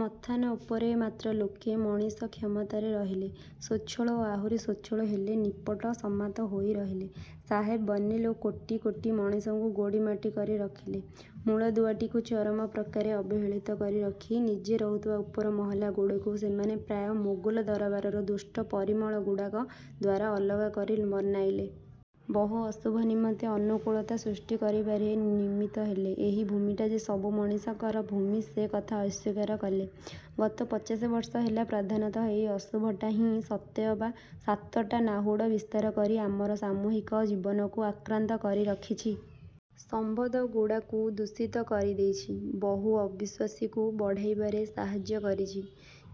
ମଥାନ ଉପରେ ମାତ୍ର ଲୋକେ ମଣିଷ କ୍ଷମତାରେ ରହିଲେ। ସୋଛଳ ଓ ଆହୁରି ସୋଛଳ ହେଲେ ନିପଟ ସାମନ୍ତ ହୋଇ ରହିଲେ । ସାହେବ ବନିଲେ ଓ କୋଟି କୋଟି ମଣିଷଙ୍କୁ ଗୋଡ଼ି ମାଟି କରି ରଖିଲେ। ମୂଳଦୁଆଟାକୁ ଚରମ ପ୍ରକାରେ ଅବହେଳିତ କରି ରଖି, ନିଜେ ରହୁଥିବା ଉପର ମହଲାଗୁଡ଼ାକୁ ସେମାନେ ପ୍ରାୟ ମୋଗଲ ଦରବାରର ଦୁଷ୍ଟ ପରିମଳଗୁଡ଼ାକ ଦ୍ଵାରା ଅଲଗା କରି ବନାଇଲେ। ବହୁ ଅଶୁଭ ନିମନ୍ତେ ଅନୁକୂଳତା ସୃଷ୍ଟି କରିବାରେ ନିମିତ୍ତ ହେଲେ। ଏହି ଭୂମିଟା ଯେ ସବୁ ମଣିଷଙ୍କର ଭୂମି ସେ କଥାକୁ ଅସ୍ୱୀକାର କଲେ। ଗତ ପଚାଶ ବର୍ଷ ହେଲା ପ୍ରଧାନତଃ ଏହି ଅଶୁଭଟା ହିଁ ସତେଅବା ସାତଟା ନାହୁଡ଼ ବିସ୍ତାର କରି ଆମର ସାମୂହିକ ଜୀବନକୁ ଆକ୍ରାନ୍ତ କରି ରଖିଛି। ସମ୍ବନ୍ଧଗୁଡ଼ାକୁ ଦୂଷିତ କରିଦେଇଛି, ବହୁ ଅବିଶ୍ୱାସକୁ ବଢ଼ାଇବାରେ ସାହାଯ୍ୟ କରିଛି।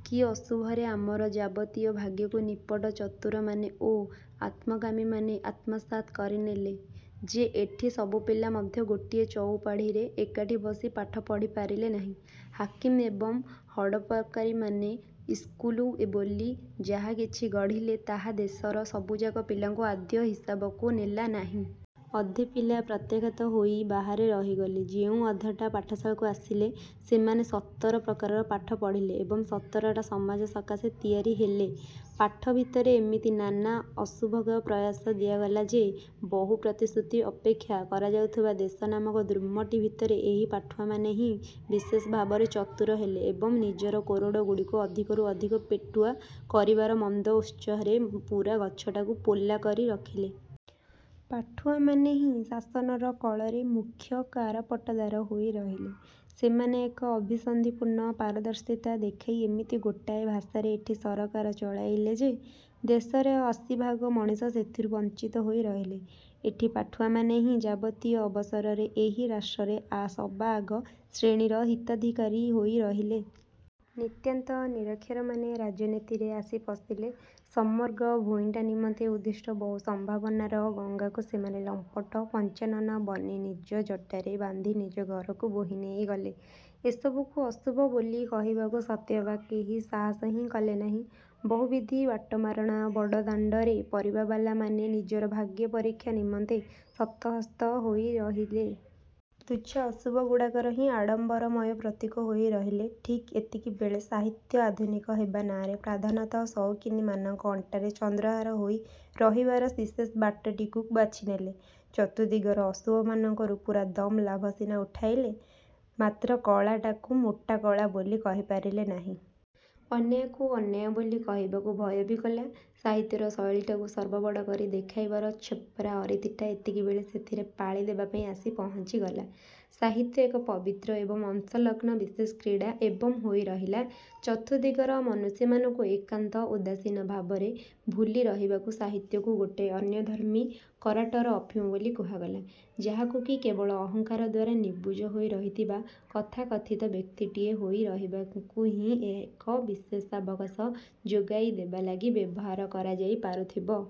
କି ଅଶୁଭରେ ଆମର ଯାବତୀୟ ଭାଗ୍ୟକୁ ନିପଟ ଚତୁରମାନେ ଓ ଆତ୍ମକାମୀମାନେ ଆତ୍ମସାତ୍ କରିନେଲେ ,ଯେ ଏଠି ସବୁ ପିଲା ମଧ୍ୟ ଗୋଟିଏ ଚଉପାଢ଼ୀରେ ଏକାଠି ବସି ପାଠ ପଢ଼ି ପାରିଲେ ନାହିଁ। ହାକିମ ଏବଂ ହଡ଼ପକାରୀମାନେ ଇସ୍କୁଲ ବୋଲି ଯାହା କିଛି ଗଢ଼ିଲେ, ତାହା ଦେଶର ସବୁଯାକ ପିଲାଙ୍କୁ ଆଦୌ ହିସାବକୁ ନେଲା ନାହିଁ। ଅଧେ ପିଲା ପ୍ରତ୍ୟାଖ୍ୟାତ ହୋଇ ବାହାରେ ରହିଗଲେ। ଯେଉଁ ଅଧଟା ପାଠଶାଳାକୁ ଆସିଲେ, ସେମାନେ ସତର ପ୍ରକାରର ପାଠ ପଢ଼ିଲେ ଏବଂ ସତରଟା ସମାଜ ସକାଶେ ତିଆରି ହେଲେ। ପାଠ ଭିତରେ ଏମିତି ନାନା ଅଶୁଭକୁ ପ୍ରଶ୍ରୟ ଦିଆଗଲା ଯେ ବହୁ ପ୍ରତିଶ୍ରୁତି ଅପେକ୍ଷା କରାଯାଉଥିବା ଦେଶ ନାମକ ଦ୍ରୂମଟି ଭିତରେ ଏହି ପାଠୁଆମାନେ ହିଁ ବିଶେଷଭାବରେ ଚତୁର ହେଲେ ଏବଂ ନିଜର କୋରଡ଼ଗୁଡ଼ିକୁ ଅଧିକରୁ ଅଧିକ ପେଟୁଆ କରିବାର ମନ୍ଦ ଉତ୍ସାହରେ ପୂରା ଗଛଟାକୁ ପୋଲା କରି ରଖିଲେ। ପାଠୁଆମାନେ ହିଁ ଶାସନର କଳରେ ମୁଖ୍ୟ କାରପଟଦାର ହୋଇ ରହିଲେ। ସେମାନେ ଏକ ଅଭିସନ୍ଧିପୂର୍ଣ୍ଣ ପାରଦର୍ଶିତା ଦେଖାଇ ଏମିତି ଗୋଟାଏ ଭାଷାରେ ଏଠି ସରକାର ଚଳାଇଲେ ଯେ, ଦେଶରେ ଅଶୀଭାଗ ମଣିଷ ସେଥିରୁ ବଂଚିତ ହୋଇ ରହିଲେ। ଏଠି ପାଠୁଆମାନେ ହିଁ ଯାବତୀୟ ଅବସରରେ ଏହି ରାଷ୍ଟ୍ରରେ ସବାଆଗ ଶ୍ରେଣୀର ହିତାଧିକାରୀ ହୋଇ ରହିଲେ। ନିତାନ୍ତ ନିରକ୍ଷରମାନେ ରାଜନୀତିରେ ଆଶି ପଶିଲେ, ସମଗ୍ର ଭୂଇଁଟା ନିମନ୍ତେ ଉଦ୍ଦିଷ୍ଟ ବହୁ ସମ୍ଭାବନାର ଗଙ୍ଗାକୁ ସେମାନେ ଲମ୍ପଟ ପଞ୍ଚାନନ ବନି ନିଜ ଜଟାରେ ବାନ୍ଧି ନିଜ ଘରକୁ ବୋହି ନେଇଗଲେ। ଏସବୁକୁ ଅଶୁଭ ବୋଲି କହିବାକୁ ସତେଅବା କେହି ସାହସ ହିଁ କଲେନାହିଁ। ବହୁବିଧ ବାଟମାରଣାର ବଡ଼ଦାଣ୍ଡରେ ପାରିବାବାଲାମାନେ ନିଜର ଭାଗ୍ୟପରୀକ୍ଷା ନିମନ୍ତେ ଶତହସ୍ତ ହୋଇ ରହିଲେ। ତୁଚ୍ଛା ଅଶୁଭଗୁଡ଼ାକର ହିଁ ଆଡ଼ମ୍ବରମୟ ପ୍ରତୀକ ହୋଇ ରହିଲେ। ଠିକ୍ ଏତିକିବେଳେକେ ସାହିତ୍ୟ ଆଧୁନିକ ହେବା ନାଆଁରେ ପ୍ରଧାନତଃ ସଉକିନୀମାନଙ୍କ ଅଣ୍ଟାରେ ଚନ୍ଦ୍ରହାର ହୋଇ ରହିବାର ବିଶେଷ ବାଟଟିକୁ ବାଛିନେଲା। ଚତୁର୍ଦ୍ଦିଗର ଅଶୁଭମାନଙ୍କରୁ ପୂରାଦମ୍ ଲାଭ ସିନା ଉଠାଇଲା, ମାତ୍ର କଳାଟାକୁ ମୋଟେ କଳା ବୋଲି କହିପାରିଲା ନାହିଁ। ଅନ୍ୟାୟକୁ ଅନ୍ୟାୟ ବୋଲି କହିବାକୁ ଭୟ ବି କଲା। ସାହିତ୍ୟରେ ଶୈଳୀଟାକୁ ସର୍ବବଡ଼ କରି ଦେଖାଇବାର ଛୋପରା ଅରୀତିଟା ଏତିକିବେଳେ ସେଥିରେ ପାଳି ଦେବାପାଇଁ ଆସି ପହଞ୍ଚିଗଲା। ସାହିତ୍ୟ ଏକ ପବିତ୍ର ଏବଂ ଅସଂଲଗ୍ନ ବିଶେଷ କ୍ରୀଡ଼ା ଏବଂ ହୋଇ ରହିଲା। ଚତୁର୍ଦ୍ଦିଗର ମନୁଷ୍ୟମାନଙ୍କୁ ଏକାନ୍ତ ଉଦାସୀନ ଭାବରେ ଭୁଲି ରହିବାକୁ ସାହିତ୍ୟକୁ ଗୋଟାଏ ଅନ୍ୟଧର୍ମୀ କରାଟର ଅଫିମ ବୋଲି କୁହାଗଲା, ଯାହାକୁ କି କେବଳ ଅହଙ୍କାର ଦ୍ଵାରା ନିବୁଜ ହୋଇ ରହିଥିବା ତଥାକଥିତ ବ୍ୟକ୍ତିଟିଏ ହୋଇ ରହିବାକୁ ହିଁ ଏକ ବିଶେଷାବକାଶ ଯୋଗାଇ ଦେବାଲାଗି ବ୍ୟବହାର କରାଯାଇ ପାରୁଥିବ।